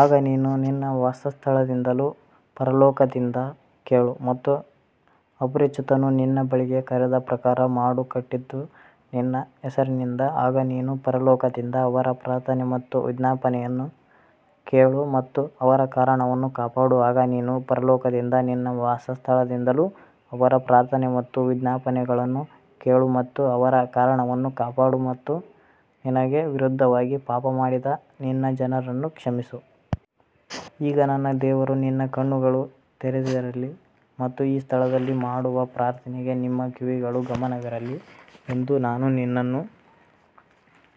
ಆಗ ನೀನು ನಿನ್ನ ವಾಸಸ್ಥಳದಿಂದಲೂ ಪರಲೋಕದಿಂದ ಕೇಳು ಮತ್ತು ಅಪರಿಚಿತನು ನಿನ್ನ ಬಳಿಗೆ ಕರೆದ ಪ್ರಕಾರ ಮಾಡು ಕಟ್ಟಿದ್ದು ನಿನ್ನ ಹೆಸರಿನಿಂದ ಆಗ ನೀನು ಪರಲೋಕದಿಂದ ಅವರ ಪ್ರಾರ್ಥನೆ ಮತ್ತು ವಿಜ್ಞಾಪನೆಯನ್ನು ಕೇಳು ಮತ್ತು ಅವರ ಕಾರಣವನ್ನು ಕಾಪಾಡು ಆಗ ನೀನು ಪರಲೋಕದಿಂದ ನಿನ್ನ ವಾಸಸ್ಥಳದಿಂದಲೂ ಅವರ ಪ್ರಾರ್ಥನೆ ಮತ್ತು ವಿಜ್ಞಾಪನೆಗಳನ್ನು ಕೇಳು ಮತ್ತು ಅವರ ಕಾರಣವನ್ನು ಕಾಪಾಡು ಮತ್ತು ನಿನಗೆ ವಿರುದ್ಧವಾಗಿ ಪಾಪ ಮಾಡಿದ ನಿನ್ನ ಜನರನ್ನು ಕ್ಷಮಿಸು. ಈಗ ನನ್ನ ದೇವರು ನಿನ್ನ ಕಣ್ಣುಗಳು ತೆರೆದಿರಲಿ ಮತ್ತು ಈ ಸ್ಥಳದಲ್ಲಿ ಮಾಡುವ ಪ್ರಾರ್ಥನೆಗೆ ನಿಮ್ಮ ಕಿವಿಗಳು ಗಮನವಿರಲಿ ಎಂದು ನಾನು ನಿನ್ನನ್ನು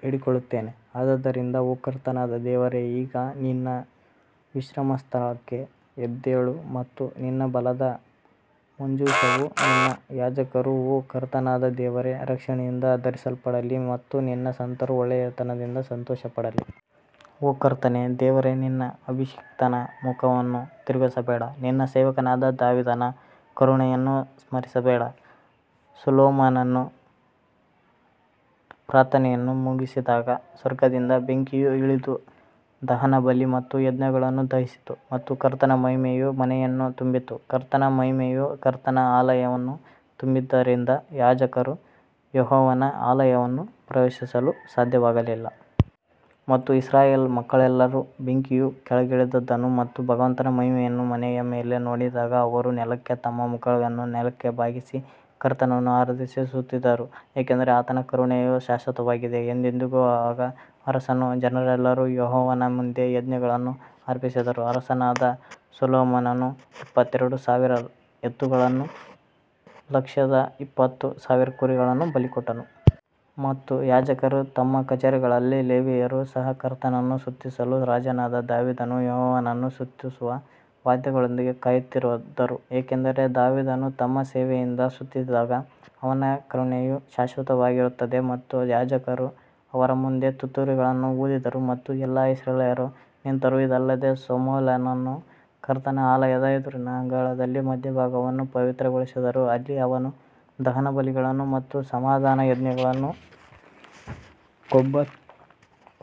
ಬೇಡಿಕೊಳ್ಳುತ್ತೇನೆ. ಆದದರಿಂದ ಓ ಕರ್ತನಾದ ದೇವರೇ ಈಗ ನಿನ್ನ ವಿಶ್ರಮಸ್ಥಳಕ್ಕೆ ಎದ್ದೇಳು ಮತ್ತು ನಿನ್ನ ಬಲದ ಮಂಜೂಷವು ನಿನ್ನ ಯಾಜಕರು ಓ ಕರ್ತನಾದ ದೇವರೇ ರಕ್ಷಣೆಯಿಂದ ಧರಿಸಲ್ಪಡಲಿ ಮತ್ತು ನಿನ್ನ ಸಂತರು ಒಳ್ಳೆಯತನದಲ್ಲಿ ಸಂತೋಷಪಡಲಿ. ಓ ಕರ್ತನೇ ದೇವರೇ ನಿನ್ನ ಅಭಿಷಿಕ್ತನ ಮುಖವನ್ನು ತಿರುಗಿಸಬೇಡ ನಿನ್ನ ಸೇವಕನಾದ ದಾವೀದನ ಕರುಣೆಯನ್ನು ಸ್ಮರಿಸಬೇಡ ಸೊಲೊಮೋನನು ಪ್ರಾರ್ಥನೆಯನ್ನು ಮುಗಿಸಿದಾಗ ಸ್ವರ್ಗದಿಂದ ಬೆಂಕಿಯು ಇಳಿದು ದಹನಬಲಿ ಮತ್ತು ಯಜ್ಞಗಳನ್ನು ದಹಿಸಿತು ಮತ್ತು ಕರ್ತನ ಮಹಿಮೆಯು ಮನೆಯನ್ನು ತುಂಬಿತು. ಕರ್ತನ ಮಹಿಮೆಯು ಕರ್ತನ ಆಲಯವನ್ನು ತುಂಬಿದ್ದರಿಂದ ಯಾಜಕರು ಯೆಹೋವನ ಆಲಯವನ್ನು ಪ್ರವೇಶಿಸಲು ಸಾಧ್ಯವಾಗಲಿಲ್ಲ. ಮತ್ತು ಇಸ್ರಾಯೇಲ್ ಮಕ್ಕಳೆಲ್ಲರೂ ಬೆಂಕಿಯು ಕೆಳಗಿಳಿದದನ್ನು ಮತ್ತು ಭಗವಂತನ ಮಹಿಮೆಯನ್ನು ಮನೆಯ ಮೇಲೆ ನೋಡಿದಾಗ ಅವರು ನೆಲಕ್ಕೆ ತಮ್ಮ ಮುಖಗಳನ್ನು ನೆಲಕ್ಕೆ ಬಾಗಿಸಿ, ಕರ್ತನನ್ನು ಆರಾಧಿಸಿ ಸ್ತುತಿಸಿದರು, ಏಕೆಂದರೆ ಆತನ ಕರುಣೆಯು ಶಾಶ್ವತವಾಗಿದೆ. ಎಂದೆಂದಿಗೂ ಆಗ ಅರಸನೂ ಜನರೆಲ್ಲರೂ ಯೆಹೋವನ ಮುಂದೆ ಯಜ್ಞಗಳನ್ನು ಅರ್ಪಿಸಿದರು ಅರಸನಾದ ಸೊಲೊಮೋನನು ಇಪ್ಪತ್ತೆರಡು ಸಾವಿರ ಎತ್ತುಗಳನ್ನೂ ಲಕ್ಷದ ಇಪ್ಪತ್ತು ಸಾವಿರ ಕುರಿಗಳನ್ನೂ ಬಲಿಕೊಟ್ಟನು. ಮತ್ತು ಯಾಜಕರು ತಮ್ಮ ಕಚೇರಿಗಳಲ್ಲಿ ಲೇವಿಯರು ಸಹ ಕರ್ತನನ್ನು ಸ್ತುತಿಸಲು ರಾಜನಾದ ದಾವೀದನು ಯೆಹೋವನನ್ನು ಸ್ತುತಿಸುವ ವಾದ್ಯಗಳೊಂದಿಗೆ ಕಾಯುತ್ತಿದ್ದರು, ಏಕೆಂದರೆ ದಾವೀದನು ತಮ್ಮ ಸೇವೆಯಿಂದ ಸ್ತುತಿಸಿದಾಗ ಅವನ ಕರುಣೆಯು ಶಾಶ್ವತವಾಗಿರುತ್ತದೆ ಮತ್ತು ಯಾಜಕರು ಅವರ ಮುಂದೆ ತುತ್ತೂರಿಗಳನ್ನು ಊದಿದರು ಮತ್ತು ಎಲ್ಲಾ ಇಸ್ರಾಯೇಲ್ಯರು ನಿಂತರು. ಇದಲ್ಲದೆ ಸೊಲೊಮೋನನು ಕರ್ತನ ಆಲಯದ ಎದುರಿನ ಅಂಗಳದ ಮಧ್ಯಭಾಗವನ್ನು ಪವಿತ್ರಗೊಳಿಸಿದನು, ಅಲ್ಲಿ ಅವನು ದಹನಬಲಿಗಳನ್ನು ಮತ್ತು ಸಮಾಧಾನಯಜ್ಞಗಳ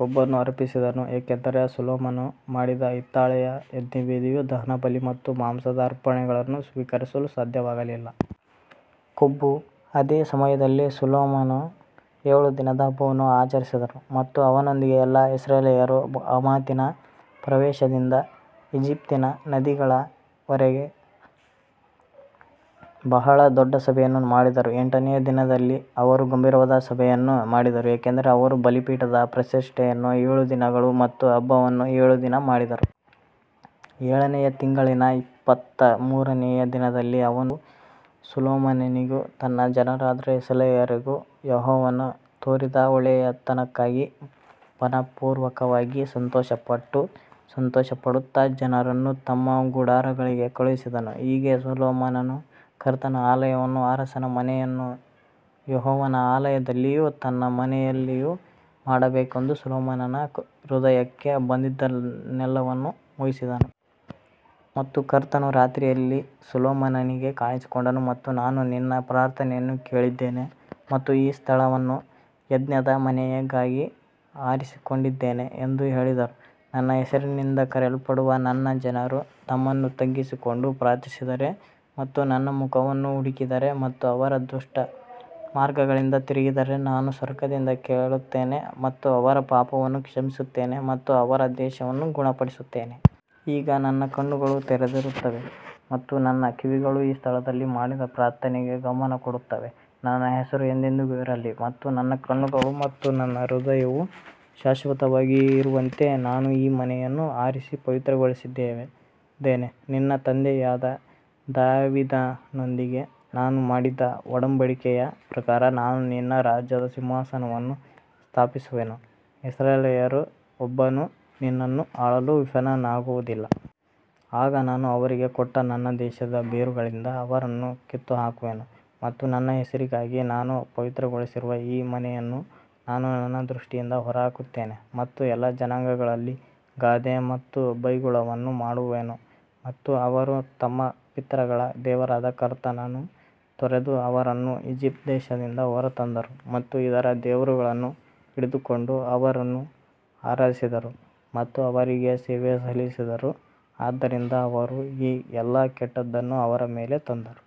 ಕೊಬ್ಬನ್ನು ಅರ್ಪಿಸಿದನು ಏಕೆಂದರೆ ಸೊಲೊಮೋನನು ಮಾಡಿದ ಹಿತ್ತಾಳೆಯ ಯಜ್ಞವೇದಿಯು ದಹನಬಲಿ ಮತ್ತು ಮಾಂಸದ ಅರ್ಪಣೆಗಳನ್ನು ಸ್ವೀಕರಿಸಲು ಸಾಧ್ಯವಾಗಲಿಲ್ಲ. ಕೊಬ್ಬು ಅದೇ ಸಮಯದಲ್ಲಿ ಸೊಲೊಮೋನನು ಏಳು ದಿನ ಹಬ್ಬವನ್ನು ಆಚರಿಸಿದನು ಮತ್ತು ಅವನೊಂದಿಗೆ ಎಲ್ಲಾ ಇಸ್ರಾಯೇಲ್ಯರು ಹಮಾತಿನ ಪ್ರವೇಶದಿಂದ ಈಜಿಪ್ಟಿನ ನದಿಯವರೆಗೆ ಬಹಳ ದೊಡ್ಡ ಸಭೆಯನ್ನು ಮಾಡಿದರು. ಎಂಟನೆಯ ದಿನದಲ್ಲಿ ಅವರು ಗಂಭೀರವಾದ ಸಭೆಯನ್ನು ಮಾಡಿದರು ಏಕೆಂದರೆ ಅವರು ಬಲಿಪೀಠದ ಪ್ರತಿಷ್ಠೆಯನ್ನು ಏಳು ದಿನಗಳು ಮತ್ತು ಹಬ್ಬವನ್ನು ಏಳು ದಿನ ಮಾಡಿದರು. ಏಳನೆಯ ತಿಂಗಳಿನ ಇಪ್ಪತ್ತಮೂರನೆಯ ದಿನದಲ್ಲಿ ಅವನು ದಾವೀದನಿಗೂ ಸೊಲೊಮೋನನಿಗೂ ತನ್ನ ಜನರಾದ ಇಸ್ರಾಯೇಲ್ಯರಿಗೂ ಯೆಹೋವನು ತೋರಿದ ಒಳ್ಳೇತನಕ್ಕಾಗಿ ಮನಃಪೂರ್ವಕವಾಗಿ ಸಂತೋಷಪಟ್ಟು ಸಂತೋಷಪಡುತ್ತಾ ಜನರನ್ನು ತಮ್ಮ ಗುಡಾರಗಳಿಗೆ ಕಳುಹಿಸಿದನು. ಹೀಗೆ ಸೊಲೊಮೋನನು ಕರ್ತನ ಆಲಯವನ್ನೂ ಅರಸನ ಮನೆಯನ್ನೂ ಯೆಹೋವನ ಆಲಯದಲ್ಲಿಯೂ ತನ್ನ ಮನೆಯಲ್ಲಿಯೂ ಮಾಡಬೇಕೆಂದು ಸೊಲೊಮೋನನ ಹೃದಯಕ್ಕೆ ಬಂದದ್ದೆಲ್ಲವನ್ನೂ ಮುಗಿಸಿದನು. ಮತ್ತು ಕರ್ತನು ರಾತ್ರಿಯಲ್ಲಿ ಸೊಲೊಮೋನನಿಗೆ ಕಾಣಿಸಿಕೊಂಡನು ಮತ್ತು ನಾನು ನಿನ್ನ ಪ್ರಾರ್ಥನೆಯನ್ನು ಕೇಳಿದ್ದೇನೆ ಮತ್ತು ಈ ಸ್ಥಳವನ್ನು ಯಜ್ಞದ ಮನೆಗಾಗಿ ಆರಿಸಿಕೊಂಡಿದ್ದೇನೆ ಎಂದು ಹೇಳಿದನು. ನನ್ನ ಹೆಸರಿನಿಂದ ಕರೆಯಲ್ಪಡುವ ನನ್ನ ಜನರು ತಮ್ಮನ್ನು ತಗ್ಗಿಸಿಕೊಂಡು ಪ್ರಾರ್ಥಿಸಿದರೆ ಮತ್ತು ನನ್ನ ಮುಖವನ್ನು ಹುಡುಕಿದರೆ ಮತ್ತು ಅವರ ದುಷ್ಟ ಮಾರ್ಗಗಳಿಂದ ತಿರುಗಿದರೆ ನಾನು ಸ್ವರ್ಗದಿಂದ ಕೇಳುತ್ತೇನೆ ಮತ್ತು ಅವರ ಪಾಪವನ್ನು ಕ್ಷಮಿಸುತ್ತೇನೆ ಮತ್ತು ಅವರ ದೇಶವನ್ನು ಗುಣಪಡಿಸುತ್ತೇನೆ. ಈಗ ನನ್ನ ಕಣ್ಣುಗಳು ತೆರೆದಿರುತ್ತವೆ ಮತ್ತು ನನ್ನ ಕಿವಿಗಳು ಈ ಸ್ಥಳದಲ್ಲಿ ಮಾಡಿದ ಪ್ರಾರ್ಥನೆಗೆ ಗಮನ ಕೊಡುತ್ತವೆ ನನ್ನ ಹೆಸರು ಎಂದೆಂದಿಗೂ ಇರಲಿ ಮತ್ತು ನನ್ನ ಕಣ್ಣುಗಳು ಮತ್ತು ನನ್ನ ಹೃದಯವು ಶಾಶ್ವತವಾಗಿ ಇರುವಂತೆ ನಾನು ಈ ಮನೆಯನ್ನು ಆರಿಸಿ ಪವಿತ್ರಗೊಳಿಸಿದ್ದೇನೆ. ನಿನ್ನ ತಂದೆಯಾದ ದಾವೀದನೊಂದಿಗೆ ನಾನು ಮಾಡಿದ ಒಡಂಬಡಿಕೆಯ ಪ್ರಕಾರ ನಾನು ನಿನ್ನ ರಾಜ್ಯದ ಸಿಂಹಾಸನವನ್ನು ಸ್ಥಾಪಿಸುವೆನು, ಇಸ್ರಾಯೇಲ್ಯರಲ್ಲಿ ಒಬ್ಬನು ನಿನ್ನನ್ನು ಆಳಲು ವಿಫಲನಾಗುವುದಿಲ್ಲ. ಆಗ ನಾನು ಅವರಿಗೆ ಕೊಟ್ಟ ನನ್ನ ದೇಶದ ಬೇರುಗಳಿಂದ ಅವರನ್ನು ಕಿತ್ತುಹಾಕುವೆನು ಮತ್ತು ನನ್ನ ಹೆಸರಿಗಾಗಿ ನಾನು ಪವಿತ್ರಗೊಳಿಸಿರುವ ಈ ಮನೆಯನ್ನು ನಾನು ನನ್ನ ದೃಷ್ಟಿಯಿಂದ ಹೊರಹಾಕುತ್ತೇನೆ ಮತ್ತು ಎಲ್ಲಾ ಜನಾಂಗಗಳಲ್ಲಿ ಗಾದೆ ಮತ್ತು ಬೈಗುಳವನ್ನು ಮಾಡುವೆನು. ಮತ್ತು ಅವರು ತಮ್ಮ ಪಿತೃಗಳ ದೇವರಾದ ಕರ್ತನನ್ನು ತೊರೆದು ಅವರನ್ನು ಈಜಿಪ್ಟ್ ದೇಶದಿಂದ ಹೊರತಂದರು ಮತ್ತು ಇತರ ದೇವರುಗಳನ್ನು ಹಿಡಿದುಕೊಂಡು ಅವರನ್ನು ಆರಾಧಿಸಿದರು ಮತ್ತು ಅವರಿಗೆ ಸೇವೆ ಸಲ್ಲಿಸಿದರು, ಆದ್ದರಿಂದ ಅವರು ಈ ಎಲ್ಲಾ ಕೆಟ್ಟದ್ದನ್ನು ಅವರ ಮೇಲೆ ತಂದರು.